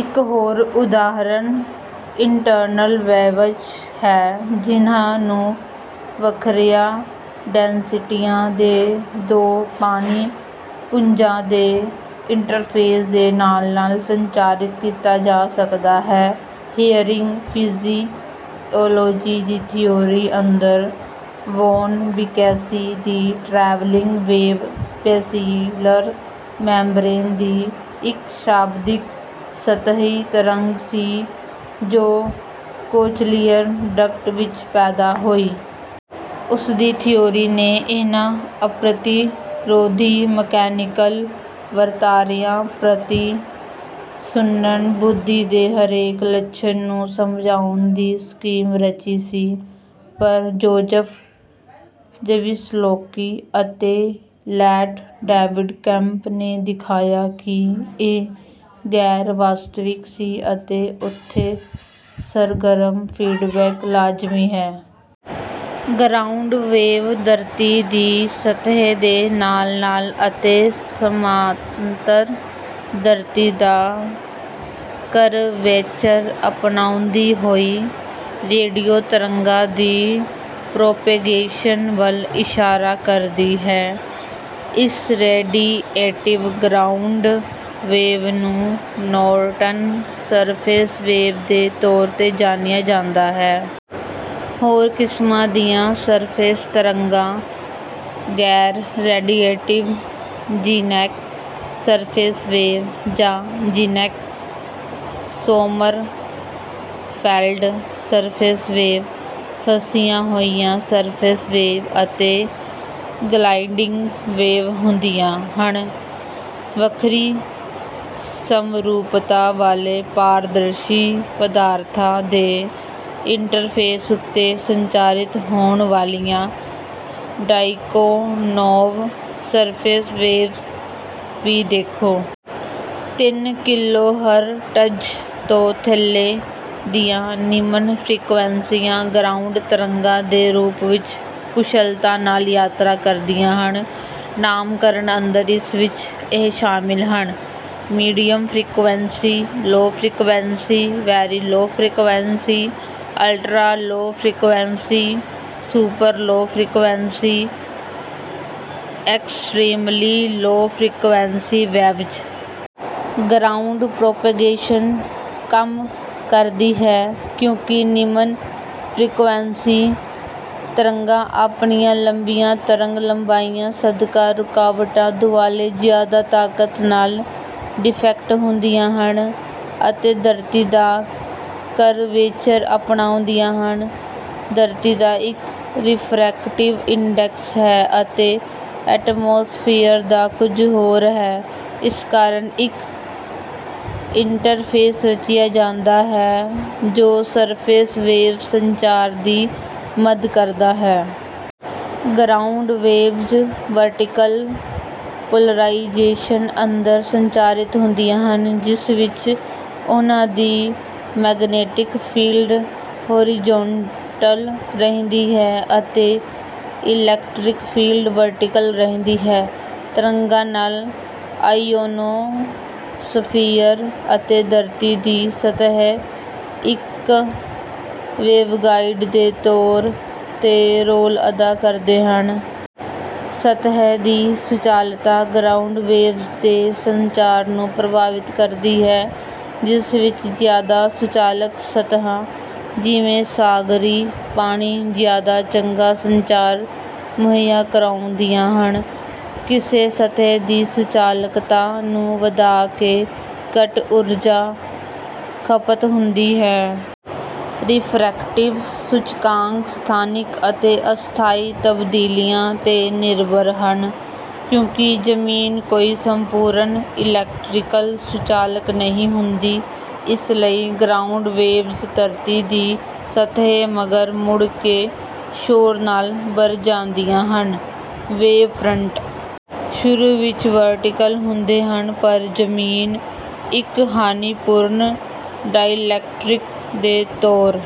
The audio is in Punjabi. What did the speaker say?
ਇੱਕ ਹੋਰ ਉਦਾਹਰਨ ਇੰਟ੍ਰਨਲ ਵੇਵਜ਼ ਹੈ, ਜਿਹਨਾਂ ਨੂੰ ਵੱਖਰੀਆਂ ਡੈਂਸਿਟੀਆਂ ਦੇ ਦੋ ਪਾਣੀ-ਪੁੰਜਾਂ ਦੇ ਇੰਟ੍ਰਫੇਸ ਦੇ ਨਾਲ-ਨਾਲ ਸੰਚਾਰਿਤ ਕੀਤਾ ਜਾ ਸਕਦਾ ਹੈ। ਹਿਅਰਿੰਗ ਫਿਜ਼ੀਔਲੌਜੀ ਦੀ ਥਿਊਰੀ ਅੰਦਰ, ਵੌਨ ਬੀਕੇਸੀ ਦੀ ਟ੍ਰੈਵਲਿੰਗ ਵੇਵ ਬੇਸੀਲਰ ਮੈਂਬ੍ਰੇਨ ਦੀ ਇੱਕ ਸ਼ਾਬਦਿਕ ਸਤਹਿ ਤਰੰਗ ਸੀ ਜੋ ਕੋਚਲੀਅਰ ਡਕਟ ਵਿੱਚ ਪੈਦਾ ਹੋਈ। ਉਸਦੀ ਥਿਊਰੀ ਨੇ ਇਹਨਾਂ ਅਪ੍ਰਤਿਰੋਧੀ ਮਕੈਨੀਕਲ ਵਰਤਾਰਿਆਂ ਪ੍ਰਤੀ ਸੁਣਨ-ਬੁੱਧੀ ਦੇ ਹਰੇਕ ਲੱਛਣ ਨੂੰ ਸਮਝਾਉਣ ਦੀ ਸਕੀਮ ਰਚੀ ਸੀ। ਪਰ ਜੋਜ਼ਫ ਜ਼ਵਿਸਲੋਕੀ ਅਤੇ ਲੇਟ ਡੇਵਿਡ ਕੇਂਪ ਨੇ ਦਿਖਾਇਆ ਕਿ ਇਹ ਗੈਰ-ਵਾਸਤਵਿਕ ਸੀ ਅਤੇ ਓਥੇ ਸਰਗਰਮ ਫੀਡਬੈਕ ਲਾਜ਼ਮੀ ਹੈ। ਗਰਾਊਂਡ ਵੇਵ ਧਰਤੀ ਦੀ ਸਤਹਿ ਦੇ ਨਾਲ-ਨਾਲ ਅਤੇ ਸਮਾਂਤਰ, ਧਰਤੀ ਦਾ ਕਰਵੇਚਰ ਅਪਣਾਉਂਦੀ ਹੋਈ ਰੇਡੀਓ ਤਰੰਗਾਂ ਦੀ ਪ੍ਰੌਪੇਗੇਸ਼ਨ ਵੱਲ ਇਸ਼ਾਰਾ ਕਰਦੀ ਹੈ। ਇਸ ਰੇਡੀਏਟਿਵ ਗਰਾਊਂਡ ਵੇਵ ਨੂੰ ਨੌਰਟਨ ਸਰਫੇਸ ਵੇਵ ਦੇ ਤੌਰ ਤੇ ਜਾਣਿਆ ਜਾਂਦਾ ਹੈ। ਹੋਰ ਕਿਸਮਾਂ ਦੀਆਂ ਸਰਫੇਸ ਤਰੰਗਾਂ ਗੈਰ-ਰੇਡੀਏਟਿਵ ਜ਼ੀਨੈਕ ਸਰਫੇਸ ਵੇਵ, ਜਾਂ ਜ਼ੀਨੈਕ-ਸੋਮੱਰਫੈਲਡ ਸਰਫੇਸ ਵੇਵ, ਫਸੀਆਂ ਹੋਈਆਂ ਸਰਫੇਸ ਵੇਵ ਅਤੇ ਗਲਾਈਡਿੰਗ ਵੇਵ ਹੁੰਦੀਆਂ ਹਨ। ਵੱਖਰੀ ਸਮਰੂਪਤਾ ਵਾਲੇ ਪਾਰਦਰਸ਼ੀ ਪਦਾਰਥਾਂ ਦੇ ਇੰਟ੍ਰਫੇਸ ਉੱਤੇ ਸੰਚਾਰਿਤ ਹੋਣ ਵਾਲੀਆਂ ਡਾਇਕੋਨੋਵ ਸਰਫੇਸ ਵੇਵਜ਼ ਵੀ ਦੇਖੋ। ਤਿੰਨ ਕਿਲੋਹਰਟਜ਼ ਤੋਂ ਥੱਲੇ ਦੀਆਂ ਨਿਮਨ ਫ੍ਰੀਕੁਐਂਸੀਆਂ ਗਰਾਊਂਡ ਤਰੰਗਾਂ ਦੇ ਰੂਪ ਵਿੱਚ ਕੁਸ਼ਲਤਾ ਨਾਲ ਯਾਤਰਾ ਕਰਦੀਆਂ ਹਨ। ਨਾਮਕਰਨ ਅੰਦਰ, ਇਸ ਵਿੱਚ ਇਹ ਸ਼ਾਮਿਲ ਹਨ: medium frequency, low frequency, very low frequency, ultra low frequency, super low frequency, extremely low frequency waves. Ground propagation ਕੰਮ ਕਰਦੀ ਹੈ ਕਿਉਂਕਿ ਨਿਮਨ ਫ੍ਰੀਕੁਐਂਸੀ ਤਰੰਗਾਂ ਆਪਣੀਆਂ ਲੰਬੀਆਂ ਤਰੰਗ-ਲੰਬਾਈਆਂ ਸਦਕਾ ਰੁਕਾਵਟਾਂ ਦੁਆਲੇ ਜ਼ਿਆਦਾ ਤਾਕਤ ਨਾਲ ਡਿੱਫ੍ਰੈਕਟ ਹੁੰਦੀਆਂ ਹਨ, ਅਤੇ ਧਰਤੀ ਦਾ ਕਰਵੇਚਰ ਅਪਣਾਉਂਦੀਆਂ ਹਨ। ਧਰਤੀ ਦਾ ਇੱਕ ਰਿਫ਼੍ਰੈਕਟਿਵ ਇੰਡੈਕਸ ਹੈ ਅਤੇ ਐਟਮੋਸਫੀਅਰ ਦਾ ਕੁੱਝ ਹੋਰ ਹੈ, ਇਸ ਕਾਰਨ ਇੱਕ ਇੰਟ੍ਰਫੇਸ ਰਚਿਆ ਜਾਂਦਾ ਹੈ ਜੋ ਸਰਫੇਸ ਵੇਵ ਸੰਚਾਰ ਦੀ ਮਦ ਕਰਦਾ ਹੈ। ਗਰਾਊਂਡ ਵੇਵਜ਼ ਵਰਟੀਕਲ ਪੋਲਰਾਇਜ਼ੇਸ਼ਨ ਅੰਦਰ ਸੰਚਾਰਿਤ ਹੁੰਦੀਆਂ ਹਨ, ਜਿਸ ਵਿੱਚ ਉਹਨਾਂ ਦੀ ਮੈਗਨੈਟਿਕ ਫੀਲਡ ਹੌਰੀਜ਼ੌਨਟਲ ਰਹਿੰਦੀ ਹੈ ਅਤੇ ਇਲੈਕਟ੍ਰਿਕ ਫੀਲਡ ਵਰਟੀਕਲ ਰਹਿੰਦੀ ਹੈ। ਤਰੰਗਾਂ ਨਾਲ, ਆਇਓਨੋਸਫੀਅਰ ਅਤੇ ਧਰਤੀ ਦੀ ਸਤਹਿ ਇੱਕ ਵੇਵਗਾਈਡ ਦੇ ਤੌਰ ਤੇ ਰੋਲ ਅਦਾ ਕਰਦੇ ਹਨ। ਸਤਹਿ ਦੀ ਸੁਚਾਲਕਤਾ ਗਰਾਊਂਡ ਵੇਵਜ਼ ਦੇ ਸੰਚਾਰ ਨੂੰ ਪ੍ਰਭਾਵਿਤ ਕਰਦੀ ਹੈ, ਜਿਸ ਵਿੱਚ ਜ਼ਿਆਦਾ ਸੁਚਾਲਕ ਸਤਹਿਾਂ ਜਿਵੇਂ ਸਾਗਰੀ ਪਾਣੀ ਜ਼ਿਆਦਾ ਚੰਗਾ ਸੰਚਾਰ ਮੁਹੱਈਆ ਕਰਵਾਉਂਦੀਆਂ ਹਨ। ਕਿਸੇ ਸਤਹਿ ਦੀ ਸੁਚਾਲਕਤਾ ਨੂੰ ਵਧਾ ਕੇ ਘੱਟ ਊਰਜਾ ਖਪਤ ਹੁੰਦੀ ਹੈ। ਰਿਫ੍ਰੈਕਟਿਵ ਸੂਚਕਾਂਕ ਸਥਾਨਿਕ ਅਤੇ ਅਸਥਾਈ ਤਬਦੀਲੀਆਂ ਤੇ ਨਿਰਭਰ ਹਨ। ਕਿਉਂਕਿ ਜ਼ਮੀਨ ਕੋਈ ਸੰਪੂਰਣ ਇਲੈਕਟ੍ਰੀਕਲ ਸੁਚਾਲਕ ਨਹੀਂ ਹੁੰਦੀ, ਇਸ ਲਈ ਗਰਾਊਂਡ ਵੇਵਜ਼ ਧਰਤੀ ਦੀ ਸਤਹਿ ਮਗਰ ਮੁੜ ਕੇ ਸ਼ੋਰ ਨਾਲ ਭਰ ਜਾਂਦੀਆਂ ਹਨ। ਵੇਵਫ੍ਰੰਟ ਸ਼ੁਰੂ ਵਿੱਚ ਵਰਟੀਕਲ ਹੁੰਦੇ ਹਨ, ਪਰ ਜ਼ਮੀਨ, ਇੱਕ ਹਾਨੀਪੂਰਣ ਡਾਇਲੈਕਟ੍ਰਿਕ ਦੇ ਤੌਰ